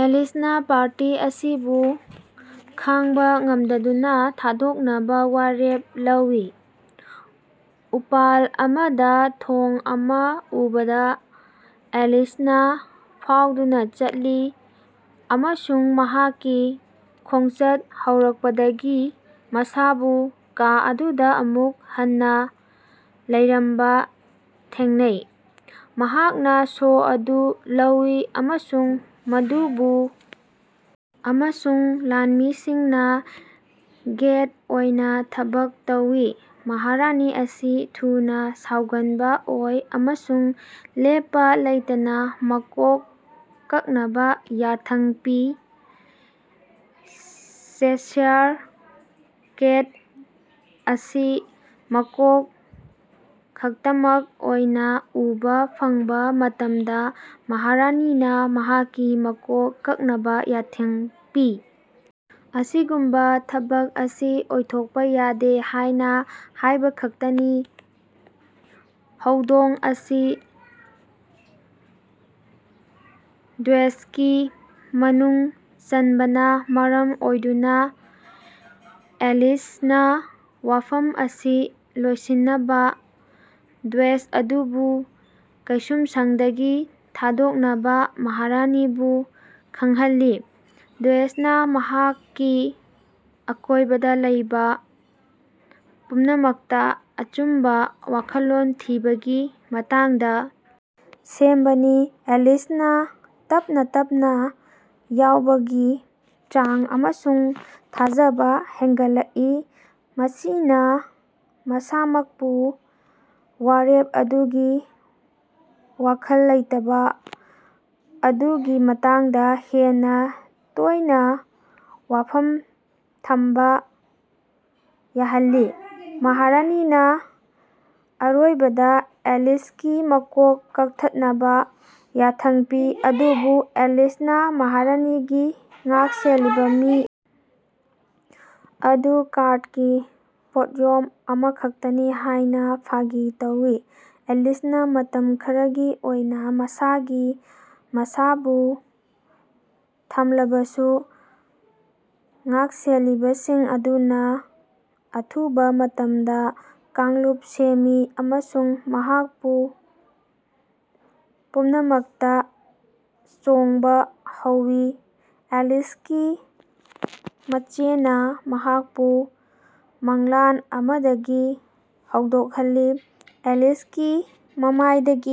ꯑꯦꯂꯤꯁꯅ ꯄꯥꯔꯇꯤ ꯑꯁꯤꯕꯨ ꯈꯥꯡꯕ ꯉꯝꯗꯗꯨꯅ ꯊꯥꯗꯣꯛꯅꯕ ꯋꯥꯔꯦꯞ ꯂꯧꯋꯤ꯫ ꯎꯄꯥꯜ ꯑꯃꯗ ꯊꯣꯡ ꯑꯃ ꯎꯕꯗ, ꯑꯦꯂꯤꯁꯅ ꯐꯥꯎꯗꯨꯅ ꯆꯠꯂꯤ ꯑꯃꯁꯨꯡ ꯃꯍꯥꯛꯀꯤ ꯈꯣꯡꯆꯠ ꯍꯧꯔꯛꯄꯗꯒꯤ ꯃꯁꯥꯕꯨ ꯀꯥ ꯑꯗꯨꯗ ꯑꯃꯨꯛ ꯍꯟꯅ ꯂꯩꯔꯝꯕ ꯊꯦꯡꯅꯩ꯫ ꯃꯍꯥꯛꯅ ꯁꯣ ꯑꯗꯨ ꯂꯧꯋꯤ ꯑꯃꯁꯨꯡ ꯃꯗꯨꯕꯨ ꯑꯃꯁꯨꯡ ꯂꯥꯟꯃꯤꯁꯤꯡꯅ ꯒꯦꯠ ꯑꯣꯏꯅ ꯊꯕꯛ ꯇꯧꯏ꯫ ꯃꯍꯥꯔꯥꯅꯤ ꯑꯁꯤ ꯊꯨꯅ ꯁꯥꯎꯒꯟꯕ ꯑꯣꯏ ꯑꯃꯁꯨꯡ ꯂꯦꯞꯄ ꯂꯩꯇꯅ ꯃꯀꯣꯛ ꯀꯛꯅꯕ ꯌꯥꯊꯪ ꯄꯤ꯫ ꯆꯦꯁꯥꯌꯔ ꯀꯦꯠ ꯑꯁꯤ ꯃꯀꯣꯛ ꯈꯛꯇꯃꯛ ꯑꯣꯏꯅ ꯎꯕ ꯐꯪꯕ ꯃꯇꯝꯗ, ꯃꯍꯥꯔꯥꯅꯤꯅ ꯃꯍꯥꯛꯀꯤ ꯃꯀꯣꯛ ꯀꯛꯅꯕ ꯌꯥꯊꯪ ꯄꯤ, ꯑꯁꯤꯒꯨꯝꯕ ꯊꯕꯛ ꯑꯁꯤ ꯑꯣꯏꯊꯣꯛꯄ ꯌꯥꯗꯦ ꯍꯥꯏꯅ ꯍꯥꯏꯕꯈꯛꯇꯅꯤ꯫ ꯍꯧꯗꯣꯡ ꯑꯁꯤ ꯗꯆꯦꯁꯀꯤ ꯃꯅꯨꯡ ꯆꯟꯕꯅ ꯃꯔꯝ ꯑꯣꯏꯗꯨꯅ, ꯑꯦꯂꯤꯁꯅ ꯋꯥꯐꯝ ꯑꯁꯤ ꯂꯣꯏꯁꯤꯟꯅꯕ ꯗꯆꯦꯁ ꯑꯗꯨꯕꯨ ꯀꯩꯁꯨꯝꯁꯪꯗꯒꯤ ꯊꯥꯗꯣꯛꯅꯕ ꯃꯍꯥꯔꯥꯅꯤꯕꯨ ꯈꯪꯍꯜꯂꯤ꯫ ꯗꯆꯦꯁꯅ ꯃꯍꯥꯛꯀꯤ ꯑꯀꯣꯏꯕꯗ ꯂꯩꯕ ꯄꯨꯝꯅꯃꯛꯇ ꯑꯆꯨꯝꯕ ꯋꯥꯈꯜꯂꯣꯟ ꯊꯤꯕꯒꯤ ꯃꯇꯥꯡꯗ ꯁꯦꯝꯕꯅꯤ꯫ ꯑꯦꯂꯤꯁꯅ ꯇꯞꯅ-ꯇꯞꯅ ꯆꯥꯎꯕꯒꯤ ꯆꯥꯡ ꯑꯃꯁꯨꯡ ꯊꯥꯖꯕ ꯍꯦꯟꯒꯠꯂꯛꯏ, ꯃꯁꯤꯅ ꯃꯁꯥꯃꯛꯄꯨ ꯋꯥꯔꯦꯞ ꯑꯗꯨꯒꯤ ꯋꯥꯈꯜ ꯂꯩꯇꯕ ꯑꯗꯨꯒꯤ ꯃꯇꯥꯡꯗ ꯍꯦꯟꯅ ꯇꯣꯏꯅ ꯋꯥꯐꯝ ꯊꯝꯕ ꯌꯥꯍꯜꯂꯤ꯫ ꯃꯍꯥꯔꯥꯅꯤꯅ ꯑꯔꯣꯏꯕꯗ ꯑꯦꯂꯤꯁꯀꯤ ꯃꯀꯣꯛ ꯀꯛꯊꯠꯅꯕ ꯌꯥꯊꯪ ꯄꯤ, ꯑꯗꯨꯕꯨ ꯑꯦꯂꯤꯁꯅ ꯃꯍꯥꯔꯥꯅꯤꯒꯤ ꯉꯥꯛꯁꯦꯜꯂꯤꯕ ꯃꯤ ꯑꯗꯨ ꯀꯥꯔ꯭ꯗꯀꯤ ꯄꯣꯠꯌꯣꯝ ꯑꯃꯈꯛꯇꯅꯤ ꯍꯥꯏꯅ ꯐꯥꯒꯤ ꯇꯧꯋꯤ꯫ ꯑꯦꯂꯤꯁꯅ ꯃꯇꯝ ꯈꯔꯒꯤ ꯑꯣꯏꯅ ꯃꯁꯥꯒꯤ ꯃꯁꯥꯕꯨ ꯊꯝꯂꯕꯁꯨ ꯉꯥꯛꯁꯦꯜꯂꯤꯕꯁꯤꯡ ꯑꯗꯨꯅ ꯑꯊꯨꯕ ꯃꯇꯝꯗ ꯀꯥꯡꯂꯨꯞ ꯁꯦꯝꯃꯤ ꯑꯃꯁꯨꯡ ꯃꯍꯥꯛꯄꯨ ꯄꯨꯝꯅꯃꯛꯇ ꯆꯣꯡꯕ ꯍꯧꯋꯤ꯫ ꯑꯦꯂꯤꯁꯀꯤ ꯃꯆꯦꯅ ꯃꯍꯥꯛꯄꯨ ꯃꯪꯂꯥꯟ ꯑꯃꯗꯒꯤ ꯍꯧꯗꯣꯛꯍꯜꯂꯤ, ꯑꯦꯂꯤꯁꯀꯤ ꯃꯃꯥꯏꯗꯒꯤ